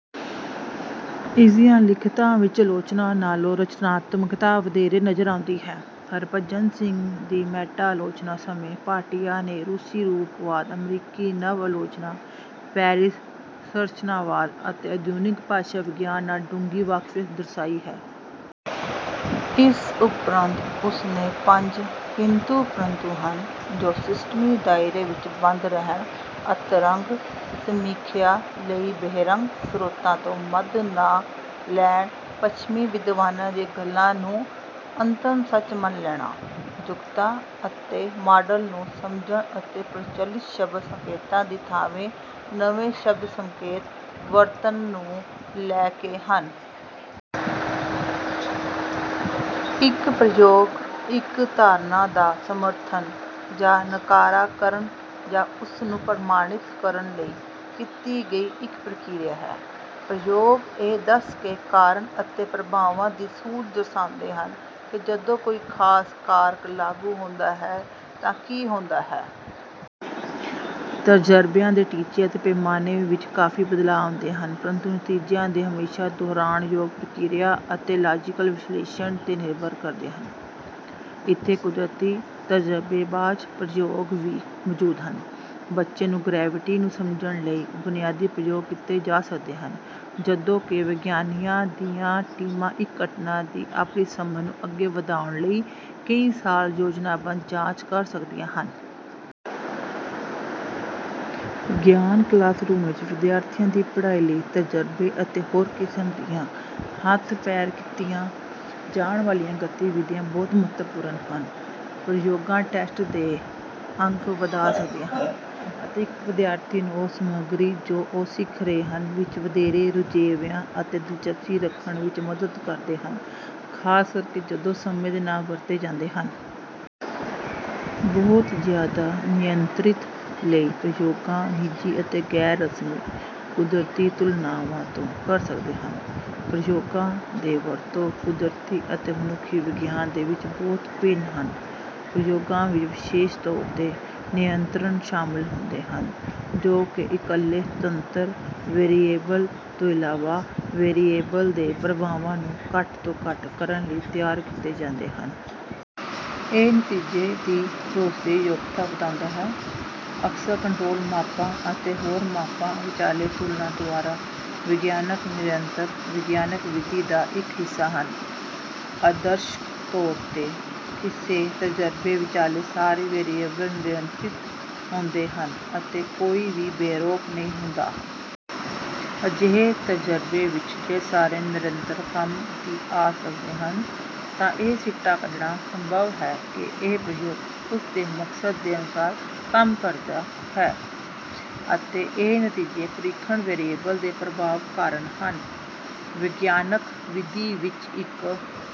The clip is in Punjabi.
ਇਸਦੀਆਂ ਲਿਖਤਾਂ ਵਿੱਚ ਆਲੋਚਨਾ ਨਾਲੋਂ ਰਚਨਾਤਮਕਤਾ ਵਧੇਰੇ ਨਜ਼ਰ ਆਉਂਦੀ ਹੈ। ਹਰਿਭਜਨ ਸਿੰਘ ਦੀ ਮੈਟਾ ਆਲੋਚਨਾ ਸਮੇਂ ਭਾਟੀਆ ਨੇ ਰੂਸੀ ਰੂਪਵਾਦ, ਅਮਰੀਕੀ ਨਵ-ਆਲੋਚਨਾ, ਪੈਰਿਸੀ ਸੰਰਚਨਾਵਾਦ ਅਤੇ ਆਧੁਨਿਕ ਭਾਸ਼ਾ ਵਿਗਿਆਨ ਨਾਲ ਡੂੰਘੀ ਵਾਕਫੀਅਤ ਦਰਸ਼ਾਈ ਹੈ। ਇਸ ਉਪਰੰਤ ਉਸਨੇ ਪੰਜ ਕਿੰਤੂ-ਪ੍ਰੰਤੂ ਹਨ ਜੋ ਸਿਸਟਮੀ ਦਾਇਰੇ ਵਿੱਚ ਬੰਦ ਰਹਿਣ, ਅੰਤਰੰਗ ਸਮੀਖਿਆ ਲਈ ਬਹਿਰੰਗ ਸਰੋਤਾਂ ਤੋਂ ਮਦ ਨਾ ਲੈਣ, ਪੱਛਮੀ ਵਿਦਵਾਨਾਂ ਦੀਆਂ ਗੱਲਾਂ ਨੂੰ ਅੰਤਮ ਸੱਚ ਮੰਨ ਲੈਣਾ, ਜੁਗਤਾਂ ਅਤੇ ਮਾਡਲ ਨੂੰ ਸਮਝਣ ਅਤੇ ਪ੍ਰਚੱਲਿਤ ਸ਼ਬਦ-ਸੰਕੇਤਾਂ ਦੀ ਥਾਂਵੇਂ ਨਵੇਂ ਸ਼ਬਦ-ਸੰਕੇਤ ਵਰਤਣ ਨੂੰ ਲੈ ਕੇ ਹਨ। ਇੱਕ ਪ੍ਰਯੋਗ ਇੱਕ ਧਾਰਨਾ ਦਾ ਸਮਰਥਨ, ਜਾਂ ਨਕਾਰਾ ਕਰਨ ਜਾਂ ਉਸ ਨੂੰ ਪ੍ਰਮਾਣਿਤ ਕਰਨ ਲਈ ਕੀਤੀ ਗਈ ਇੱਕ ਪ੍ਰਕਿਰਿਆ ਹੈ। ਪ੍ਰਯੋਗਾਂ ਇਹ ਦੱਸ ਕੇ ਕਾਰਨ-ਅਤੇ-ਪ੍ਰਭਾਵਾਂ ਦੀ ਸੂਝ ਦਰਸਾਉਂਦੇ ਹਨ ਕਿ ਜਦੋਂ ਕੋਈ ਖ਼ਾਸ ਕਾਰਕ ਲਾਗੂ ਹੁੰਦਾ ਹੈ ਤਾਂ ਕੀ ਹੁੰਦਾ ਹੈ। ਤਜਰਬਿਆਂ ਦੇ ਟੀਚੇ ਅਤੇ ਪੈਮਾਨੇ ਵਿੱਚ ਕਾਫ਼ੀ ਬਦਲਾਅ ਆਉਂਦੇ ਹਨ, ਪਰੰਤੂ ਨਤੀਜਿਆਂ ਦੇ ਹਮੇਸ਼ਾ ਦੁਹਰਾਉਣਯੋਗ ਪ੍ਰਕਿਰਿਆ ਅਤੇ ਲਾਜ਼ੀਕਲ ਵਿਸ਼ਲੇਸ਼ਣ 'ਤੇ ਨਿਰਭਰ ਕਰਦੇ ਹਨ। ਇੱਥੇ ਕੁਦਰਤੀ ਤਜਰਬੇਬਾਜ਼ ਪ੍ਰਯੋਗ ਵੀ ਮੌਜੂਦ ਹਨ। ਬੱਚੇ ਨੂੰ ਗ੍ਰੈਵਿਟੀ ਨੂੰ ਸਮਝਣ ਲਈ ਬੁਨਿਆਦੀ ਪ੍ਰਯੋਗ ਕੀਤੇ ਜਾ ਸਕਦੇ ਹਨ, ਜਦੋਂ ਕਿ ਵਿਗਿਆਨੀਆਂ ਦੀਆਂ ਟੀਮਾਂ ਇੱਕ ਘਟਨਾ ਦੀ ਆਪਣੀ ਸਮਝ ਨੂੰ ਅੱਗੇ ਵਧਾਉਣ ਲਈ ਕਈ ਸਾਲ ਯੋਜਨਾਬੱਧ ਜਾਂਚ ਕਰ ਸਕਦੀਆਂ ਹਨ। ਵਿਗਿਆਨ ਕਲਾਸਰੂਮ ਵਿੱਚ ਵਿਦਿਆਰਥੀਆਂ ਦੀ ਪੜ੍ਹਾਈ ਲਈ ਤਜਰਬੇ ਅਤੇ ਹੋਰ ਕਿਸਮ ਦੀਆਂ ਹੱਥ-ਪੈਰ ਕੀਤੀਆਂ ਜਾਣ ਵਾਲੀਆਂ ਗਤੀਵਿਧੀਆਂ ਬਹੁਤ ਮਹੱਤਵਪੂਰਨ ਹਨ। ਪ੍ਰਯੋਗਾਂ ਟੈਸਟ ਦੇ ਅੰਕ ਵਧਾ ਸਕਦੀਆਂ ਹਨ ਅਤੇ ਇੱਕ ਵਿਦਿਆਰਥੀ ਨੂੰ ਉਹ ਸਮੱਗਰੀ ਜੋ ਉਹ ਸਿੱਖ ਰਹੇ ਹਨ ਵਿੱਚ ਵਧੇਰੇ ਰੁਝੇਵਿਆਂ ਅਤੇ ਦਿਲਚਸਪੀ ਰੱਖਣ ਵਿੱਚ ਮਦਦ ਕਰਦੇ ਹਨ, ਖ਼ਾਸ ਕਰਕੇ ਜਦੋਂ ਸਮੇਂ ਦੇ ਨਾਲ ਵਰਤੇ ਜਾਂਦੇ ਹਨ। ਬਹੁਤ ਜ਼ਿਆਦਾ ਨਿਯੰਤ੍ਰਿਤ ਲਈ ਪ੍ਰਯੋਗਾਂ ਨਿੱਜੀ ਅਤੇ ਗੈਰ-ਰਸਮੀ ਕੁਦਰਤੀ ਤੁਲਨਾਵਾਂ ਤੋਂ ਕਰ ਸਕਦੇ ਹਨ। ਪ੍ਰਯੋਗਾਂ ਦੇ ਵਰਤੋਂ ਕੁਦਰਤੀ ਅਤੇ ਮਨੁੱਖੀ ਵਿਗਿਆਨ ਦੇ ਵਿੱਚ ਬਹੁਤ ਭਿੰਨ ਹਨ। ਪ੍ਰਯੋਗਾਂ ਵਿੱਚ ਵਿਸ਼ੇਸ਼ ਤੌਰ 'ਤੇ ਨਿਯੰਤਰਣ ਸ਼ਾਮਲ ਹੁੰਦੇ ਹਨ, ਜੋ ਕਿ ਇੱਕਲੇ ਸੁਤੰਤਰ ਵੇਰੀਏਬਲ ਤੋਂ ਇਲਾਵਾ ਵੇਰੀਏਬਲ ਦੇ ਪ੍ਰਭਾਵਾਂ ਨੂੰ ਘੱਟ ਤੋਂ ਘੱਟ ਕਰਨ ਲਈ ਤਿਆਰ ਕੀਤੇ ਗਏ ਹਨ। ਇਹ ਨਤੀਜੇ ਦੀ ਭਰੋਸੇਯੋਗਤਾ ਵਧਾਉਂਦਾ ਹੈ, ਅਕਸਰ ਕੰਟਰੋਲ ਮਾਪਾਂ ਅਤੇ ਹੋਰ ਮਾਪਾਂ ਵਿੱਚਾਲੇ ਤੁਲਨਾ ਦੁਆਰਾ। ਵਿਗਿਆਨਕ ਨਿਯੰਤਰਣ ਵਿਗਿਆਨਕ ਵਿਧੀ ਦਾ ਇੱਕ ਹਿੱਸਾ ਹਨ। ਆਦਰਸ਼ਕ ਤੌਰ ਤੇ, ਕਿਸੇ ਤਜਰਬੇ ਵਿੱਚਾਲੇ ਸਾਰੇ ਵੇਰੀਏਬਲ ਨਿਯੰਤਰਿਤ ਹੁੰਦੇ ਹਨ ਅਤੇ ਕੋਈ ਵੀ ਬੇਰੋਕ ਨਹੀਂ ਹੁੰਦਾ। ਅਜਿਹੇ ਤਜ਼ੁਰਬੇ ਵਿੱਚ, ਜੇ ਸਾਰੇ ਨਿਯੰਤ੍ਰਣ ਕੰਮ ਦੀ ਆਸ ਰੱਖਦੇ ਹਨ, ਤਾਂ ਇਹ ਸਿੱਟਾ ਕੱਢਣਾ ਸੰਭਵ ਹੈ ਕਿ ਇਹ ਪ੍ਰਯੋਗ ਉਸ ਦੇ ਮਕਸਦ ਦੇ ਅਨੁਸਾਰ ਕੰਮ ਕਰਦਾ ਹੈ, ਅਤੇ ਇਹ ਨਤੀਜੇ ਪ੍ਰੀਖਣ ਵੇਰੀਏਬਲ ਦੇ ਪ੍ਰਭਾਵ ਕਾਰਨ ਹਨ। ਵਿਗਿਆਨਕ ਵਿਧੀ ਵਿੱਚ, ਇੱਕ